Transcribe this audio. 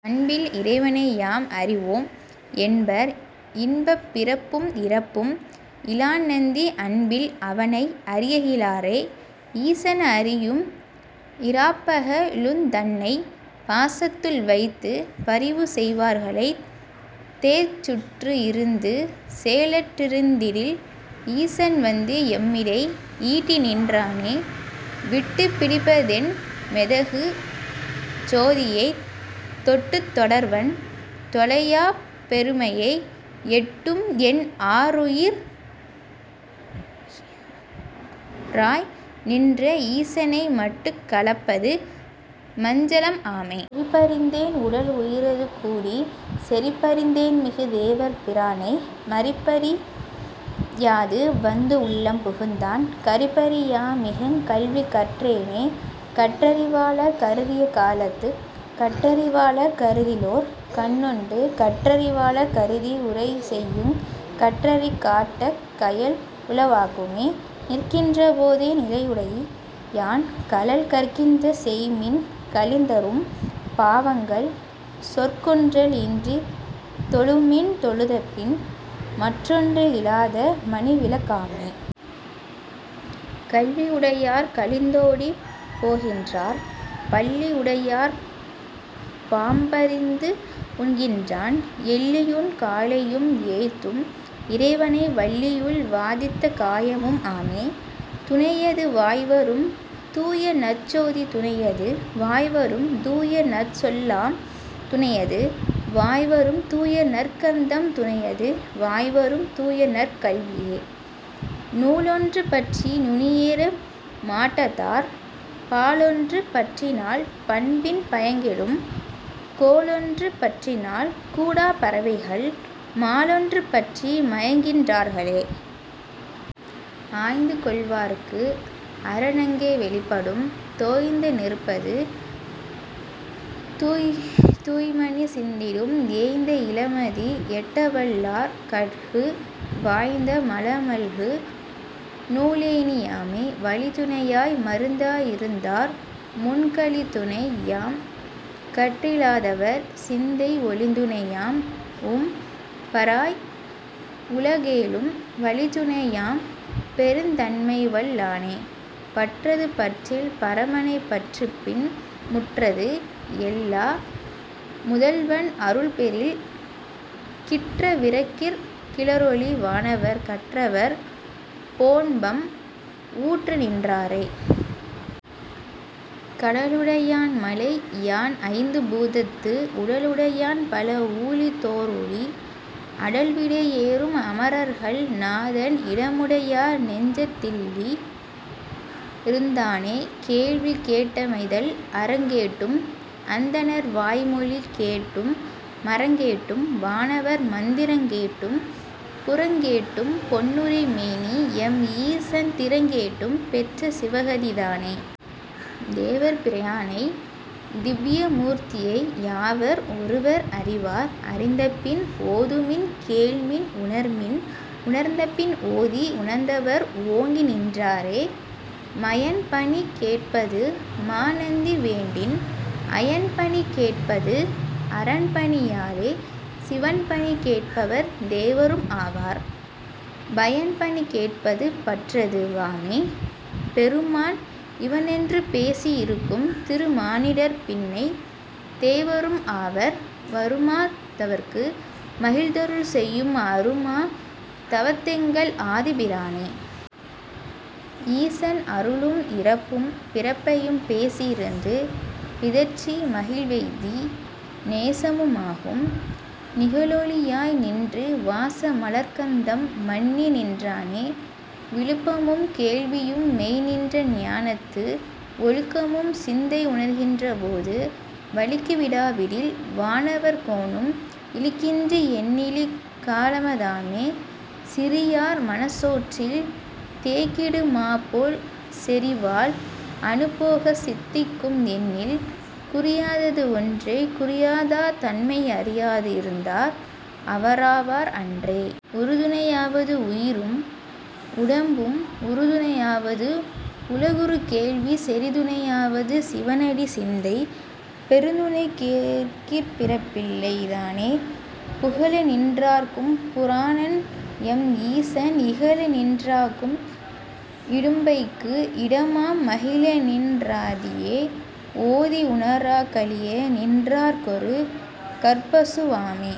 அன்பில் இறைவனை யாம்அறி வோம்என்பர் இன்பப் பிறப்பும் இறப்பும் இலான்நந்தி அன்பில் அவனை அறியகி லாரே. ஈசன் அறியும் இராப்பக லுந்தன்னைப் பாசத்துள் வைத்துப் பரிவுசெய் வார்களைத் தேசுற்று இருந்து செயலற் றிருந்திடில் ஈசன்வந்து எம்மிடை ஈட்டிநின் றானே. விட்டுப் பிடிப்பதென் மேதகு சோதியைத் தொட்டுத் தொடர்வன் தொலையாப் பெருமையை எட்டும் என் ஆருயி ராய்நின்ற ஈசனை மட்டுக் கலப்பது மஞ்சனம் ஆமே. குறிப்பறிந் தேன்உடல் உயிரது கூடிச் செறிப்பறிந் தேன்மிகு தேவர் பிரானை மறிப்பறி யாதுவந்துஉள்ளம் புகுந்தான் கறிப்பறி யாமிகுங் கல்விகற் றேனே. கற்றறி வாளர் கருதிய காலத்துக் கற்றறி வாளர் கருத்திலோர் கண்ணுண்டு கற்றறி வாளர் கருதி உரைசெய்யுங் கற்றறி காட்டக் கயல்உள வாக்குமே. நிற்கின்ற போதே நிலையுடை யான்கழல் கற்கின்ற செய்மின் கழிந்தறும் பாவங்கள் சொற்குன்றல் இன்றித் தொழுமின் தொழுதபின் மற்றொன்று இலாத மணிவிளக் காமே. கல்வி யுடையார் கழிந்தோடிப் போகின்றார் பல்லி யுடையார் பாம்பரிந்து உண்கின்றார் எல்லியுன் காலையும் ஏத்தும் இறைவனை வல்லியுள் வாதித்த காயமும் ஆமே. துணையது வாய்வரும் தூயநற் சோதி துணையது வாய்வரும் தூயநற் சொல்லாம் துணையது வாய்வரும் தூயநற் கந்தம் துணையது வாய்வரும் தூயநற் கல்வியே. நூலொன்று பற்றி நுனியேற மாட்டாதார் பாலொன்று பற்றினால் பண்பின் பயங்கெடும் கோலொன்று பற்றினால் கூடாப் பறவைகள் மாலொன்று பற்றி மயங்குகின் றார்க்களே. ஆய்ந்துகொள் வார்க்குஅரன் அங்கே வெளிப்படும் தோய்ந்த நெருப்பது தூய்மணி சிந்திடும் ஏய்ந்த இளமதி எட்டவல் லார்கட்கு வாய்ந்த மனமல்கு நூலேணி யாமே. வழித்துணை யாய்மருந் தாயிருந் தார்முன் கழித்துணை யாம்கற் றிலாதவர் சிந்தை ஒழிந்துணை யாம்உம் பராய்உல கேழும் வழித்துணை யாம்பெருந் தன்மைவல் லானே. பற்றது பற்றில் பரமனைப் பற்றுமின் முற்றது எல்லா முதல்வன் அருள்பெறில் கிற்ற விரகிற் கிளரொளி வானவர் கற்றவர் போன்பம் ஊற்றுநின் றாரே. கடலுடை யான்மலை யான்ஐந்து பூதத்து உடலுடை யான்பல ஊழிதொ றூழி அடல்விடை யேறும் அமரர்கள் நாதன் இடமுடை யார்நெஞ்சத் தில்லிருந் தானே... கேள்வி கேட்டமைதல். அறங்கேட்டும் அந்தணர் வாய்மொழி கேட்டும் மறங்கேட்டும் வானவர் மந்திரங் கேட்டும் புறங்கேட்டும் பொன்னுரை மேனிஎம் ஈசன் திறங்கேட்டும் பெற்ற சிவகதி தானே. தேவர் பிரானைத் திவ்விய மூர்த்தியை யாவர் ஒருவர் அறிவார் அறிந்தபின் ஓதுமின் கேள்மின் உணர்மின் உணர்ந்தபின் ஓதி உணர்ந்தவர் ஓங்கி நின்றாரே. மயன்பணி கேட்பது மாநந்தி வேண்டின் அயன்பணி கேட்பது அரன்பணி யாலே சிவன்பணி கேட்பவர் தேவரும் ஆவர் பயன்பணி கேட்பது பற்றது வாமே. பெருமான் இவனென்று பேசி இருக்கும் திருமானிடர் பின்னைத் தேவரும் ஆவர் வருமா தவர்க்கு மகிழ்ந்தருள் செய்யும் அருமா தவத்தெங்கள் ஆதிப் பிரானே. ஈசன் அருளும் இறப்பும் பிறப்பையும் பேசி யிருந்து பிதற்றி மகிழ்வெய்தி நேசமு மாகும் நிகழொளி யாய்நின்று வாச மலர்க்கந்தம் மன்னிநின் றானே. விழுப்பமும் கேள்வியும் மெய்நின்ற ஞானத்து ஒழுக்கமும் சிந்தை உணர்கின்ற போது வழுக்கி விடாவிடில் வானவர் கோனும் இழுக்கின்றி எண்ணிலி காலம தாமே. சிறியார் மணற்சோற்றில் தேக்கிடு மாபோல் செறிவால் அனுபோகம் சித்திக்கும் என்னில் குறியாதது ஒன்றைக் குறியாதார் தம்மை அறியாது இருந்தார் அவராவார் அன்றே. உறுதுணை யாவது உயிரும் உடம்பும் உறுதுணை யாவது உலகுறு கேள்வி செறிதுணை யாவது சிவனடிச் சிந்தை பெறுதுணை கேட்கிற் பிறப்பில்லை தானே. புகழநின் றார்க்கும் புராணன்எம் ஈசன் இகழநின் றார்க்கும் இடும்பைக்கு இடமாம் மகிழநின் றாதியை ஓதி உணராக் கழியநின் றார்க்கொரு கற்பசு வாமே.